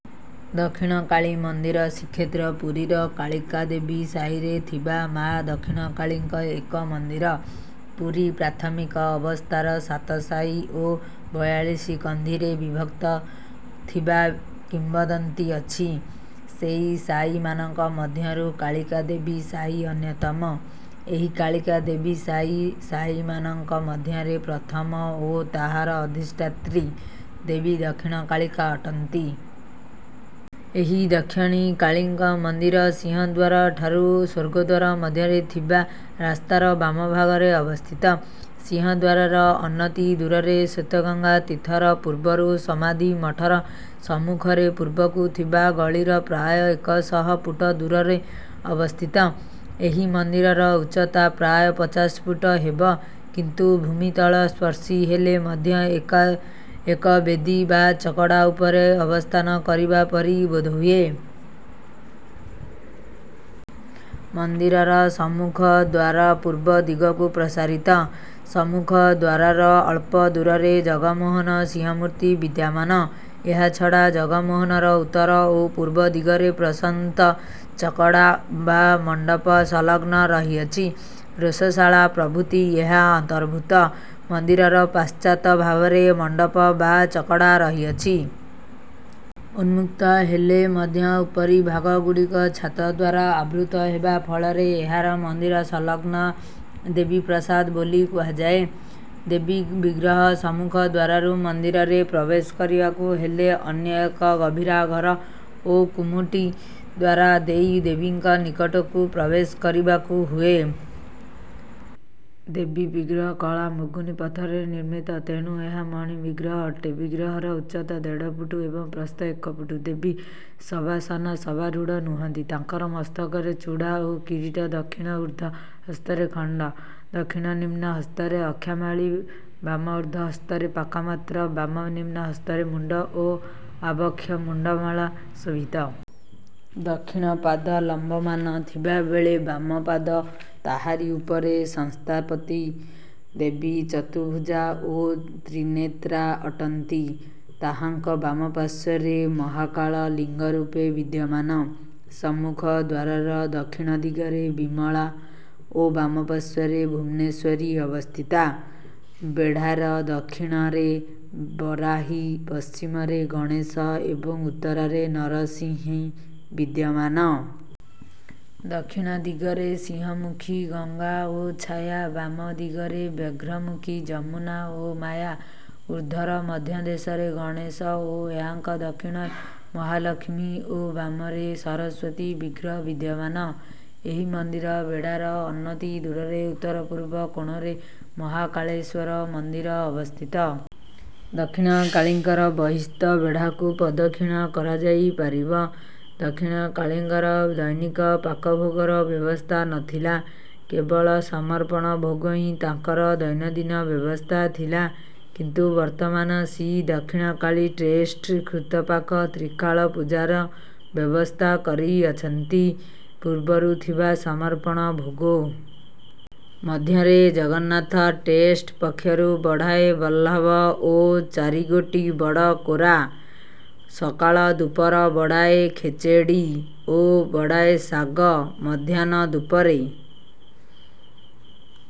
ଦକ୍ଷିଣକାଳି ମନ୍ଦିର ଶ୍ରୀକ୍ଷେତ୍ର ପୁରୀର କାଳିକା ଦେବୀ ସାହିରେ ଥିବା ମାଆ ଦକ୍ଷିଣ କାଳିଙ୍କ ଏକ ମନ୍ଦିର। ପୁରୀ ପ୍ରାଥମିକ ଅବସ୍ଥାର ସାତ ସାହି ଓ ବୟାଳିଶ କନ୍ଦିରେ ବିଭକ୍ତ ଥିବା କିମ୍ବଦନ୍ତୀ ଅଛି। ସେହି ସାହିମାନଙ୍କ ମଧ୍ୟରୁ କାଳିକା ଦେବୀ ସାହି ଅନ୍ୟତମ। ଏହି କାଳିକା ଦେବୀ ସାହି ସାହିମାନଙ୍କ ମଧ୍ୟରେ ପ୍ରଥମ ଓ ତାହାର ଅଧିଷ୍ଠାତ୍ରୀ ଦେବୀ ଦକ୍ଷିଣ କାଳିକା ଅଟନ୍ତି। ଏହି ଦକ୍ଷଣି କାଳୀଙ୍କ ମନ୍ଦିର ସିଂହଦ୍ୱାର ଠାରୁ ସ୍ୱର୍ଗଦ୍ୱାର ମଧ୍ୟରେ ଥିବା ରାସ୍ତାର ବାମ ଭାଗରେ ଅବସ୍ଥିତ। ସିଂହଦ୍ୱାରର ଅନତି ଦୂରରେ ଶ୍ୱେତଗଙ୍ଗା ତୀର୍ଥର ପୂର୍ବରୁ ସମାଧିମଠର ସମ୍ମୁଖରେ ପୂର୍ବକୁ ଥିବା ଗଳିର ପ୍ରାୟ ଏକ ଶହ ଫୁଟ ଦୂରରେ ଅବସ୍ଥିତ। ଏହି ମନ୍ଦିରର ଉଚ୍ଚତା ପ୍ରାୟ ପଚାଶ ଫୁଟ ହେବ କିନ୍ତୁ ଭୂମିତଳ ସ୍ପର୍ଶୀ ହେଲେ ମଧ୍ୟ ଏକା ଏକ ବେଦୀ ବା ଚକଡ଼ା ଉପରେ ଅବସ୍ଥାନ କରିବାପରି ବୋଧହୁଏ। ମନ୍ଦିରର ସମ୍ମୁଖ ଦ୍ୱାର ପୂର୍ବ ଦିଗକୁ ପ୍ରସାରିତ। ସମ୍ମୁଖ ଦ୍ୱାରର ଅଳ୍ପ ଦୂରରେ ଜଗମୋହନ ସିଂହମୂର୍ତ୍ତି ବିଦ୍ୟାମାନ। ଏହାଛଡ଼ା ଜଗମୋହନର ଉତ୍ତର ଓ ପୂର୍ବ ଦିଗରେ ପ୍ରଶନ୍ତ ଚକଡ଼ା ବା ମଣ୍ଡପ ସଂଲଗ୍ନ ରହିଅଛି। ରୋଷଶାଳା ପ୍ରଭୃତି ଏହା ଅନ୍ତର୍ଭୁକ୍ତ। ମନ୍ଦିରର ପାଶ୍ଚାତ ଭାବରେ ମଣ୍ଡପ ବା ଚକଡ଼ା ରହିଅଛି। ଉନ୍ମୁକ୍ତହେଲେ ମଧ୍ୟ ଉପରି ଭାଗଗୁଡ଼ିକ ଛାତଦ୍ୱାର ଆବୃତ ହେବା ଫଳରେ ଏହାର ମନ୍ଦିର ସଂଲଗ୍ନ ଦେବୀ ପ୍ରାସାଦ ବୋଲି କୁହାଯାଏ। ଦେବୀ ବିଗ୍ରହ ସମ୍ମୁଖ ଦ୍ୱାରରୁ ମନ୍ଦିରରେ ପ୍ରବେଶ କରିବାକୁ ହେଲେ ଅନ୍ୟ ଏକ ଗମ୍ଭୀରାଘର ଓ କୁମୁଟି ଦ୍ୱାର ଦେଇ ଦେବୀଙ୍କ ନିକଟକୁ ପ୍ରବେଶ କରିବାକୁ ହୁଏ। ଦେବୀ ବିଗ୍ରହ କଳା ମୁଗୁନି ପଥରରେ ନିର୍ମିତ। ତେଣୁ ଏହା ମଣି ବିଗ୍ରହ ଅଟେ। ବିଗ୍ରହର ଉଚ୍ଚତା ଦେଢ଼ଫୁଟ ଏବଂ ପ୍ରସ୍ଥ ଏକ ଫୁଟ। ଦେବୀ ଶବାସନ ଶବାରୂଢ଼ ନୁହଁନ୍ତି। ତାଙ୍କର ମସ୍ତକରେ ଚୁଡ଼ା ଓ କିରୀଟ, ଦକ୍ଷିଣ ଉର୍ଦ୍ଧ ହସ୍ତରେ ଖଣ୍ଡ ଦକ୍ଷିଣ ନିମ୍ନ ହସ୍ତରେ ଅକ୍ଷାମାଳୀ, ବାମ ଉର୍ଦ୍ଧ ହସ୍ତରେ ପାକାମାତ୍ର, ବାମ ନିମ୍ନ ହସ୍ତରେ ମୁଣ୍ଡ ଓ ଆବକ୍ଷ ମୁଣ୍ଡମାଳା ଶୋଭିତ। ଦକ୍ଷିଣ ପାଦ ଲମ୍ବମାନ ଥିବା ବେଳେ ବାମପାଦ ତାହାରି ଉପରେ ସଂସ୍ଥାପତି। ଦେବୀ ଚତୁଭୁଜା ଓ ତ୍ରିନେତ୍ରା ଅଟନ୍ତି। ତାହାଙ୍କ ବାମ ପାଶ୍ୱର୍ରେ ମହାକାଳ ଲିଙ୍ଗ ରୂପେ ବିଦ୍ୟମାନ। ସମ୍ମୁଖ ଦ୍ୱାରର ଦକ୍ଷିଣ ଦିଗରେ ବିମଳା ଓ ବାମପାଶ୍ୱର୍ରେ ଭୁବନେଶ୍ୱରୀ ଅବସ୍ଥିତା। ବେଢ଼ାର ଦକ୍ଷିଣରେ ବରାହୀ, ପଶ୍ଚିମରେ ଗଣେଶ ଏବଂ ଉତ୍ତରରେ ନରସିଂହୀ ବିଦ୍ୟମାନ। ଦକ୍ଷିଣ ଦିଗରେ ସିଂହମୁଖୀ, ଗଙ୍ଗା ଓ ଛାୟା, ବାମ ଦିଗରେ ବ୍ୟାଘ୍ରମୁଖୀ, ଯମୁନା ଓ ମାୟା। ଉର୍ଦ୍ଧର ମଧ୍ୟଦେଶରେ ଗଣେଶ ଓ ଏହାଙ୍କ ଦକ୍ଷିଣରେ ମହାଲକ୍ଷ୍ମୀ ଓ ବାମରେ ସରସ୍ୱତୀ ବିଗ୍ରହ ବିଦ୍ୟମାନ। ଏହି ମନ୍ଦିର ବେଢ଼ାର ଅନତି ଦୂରରେ ଉତ୍ତରପୂର୍ବ କୋଣରେ ମହାକାଳେଶ୍ୱର ମନ୍ଦିର ଅବସ୍ଥିତ। ଦକ୍ଷିଣକାଳୀଙ୍କର ବହିସ୍ଥ ବେଢ଼ାକୁ ପ୍ରଦକ୍ଷିଣ କରାଯାଇପାରିବ। ଦକ୍ଷଣି କାଳୀଙ୍କର ଦୈନିକ ପାକ ଭୋଗର ବ୍ୟବସ୍ଥା ନଥିଲା। କେବଳ ସମର୍ପଣ ଭୋଗ ହିଁ ତାଙ୍କର ଦୈନନ୍ଦିନ ବ୍ୟବସ୍ଥା ଥିଲା। କିନ୍ତୁ ବର୍ତ୍ତମାନ ଶ୍ରୀଦକ୍ଷିଣକାଳୀ ଟ୍ରେଷ୍ଟ ଘୃତପାକ ତ୍ରିକାଳ ପୂଜାର ବ୍ୟବସ୍ଥା କରିଅଛନ୍ତି। ପୂର୍ବରୁ ଥିବା ସମର୍ପଣ ଭୋଗ ମଧ୍ୟରେ ଜଗନ୍ନାଥ ଟେଷ୍ଟ ପକ୍ଷରୁ ବଢ଼ାଏ ବଲ୍ଲଭ ଓ ଚାରିଗୋଟି ବଡ଼ କୋରା, ସକାଳ ଧୂପର ବଢ଼ାଏ ଖେଚେଡ଼ି ଓ ବଢ଼ାଏ ଶାଗ, ମଧ୍ୟାହ୍ନ ଧୂପରେ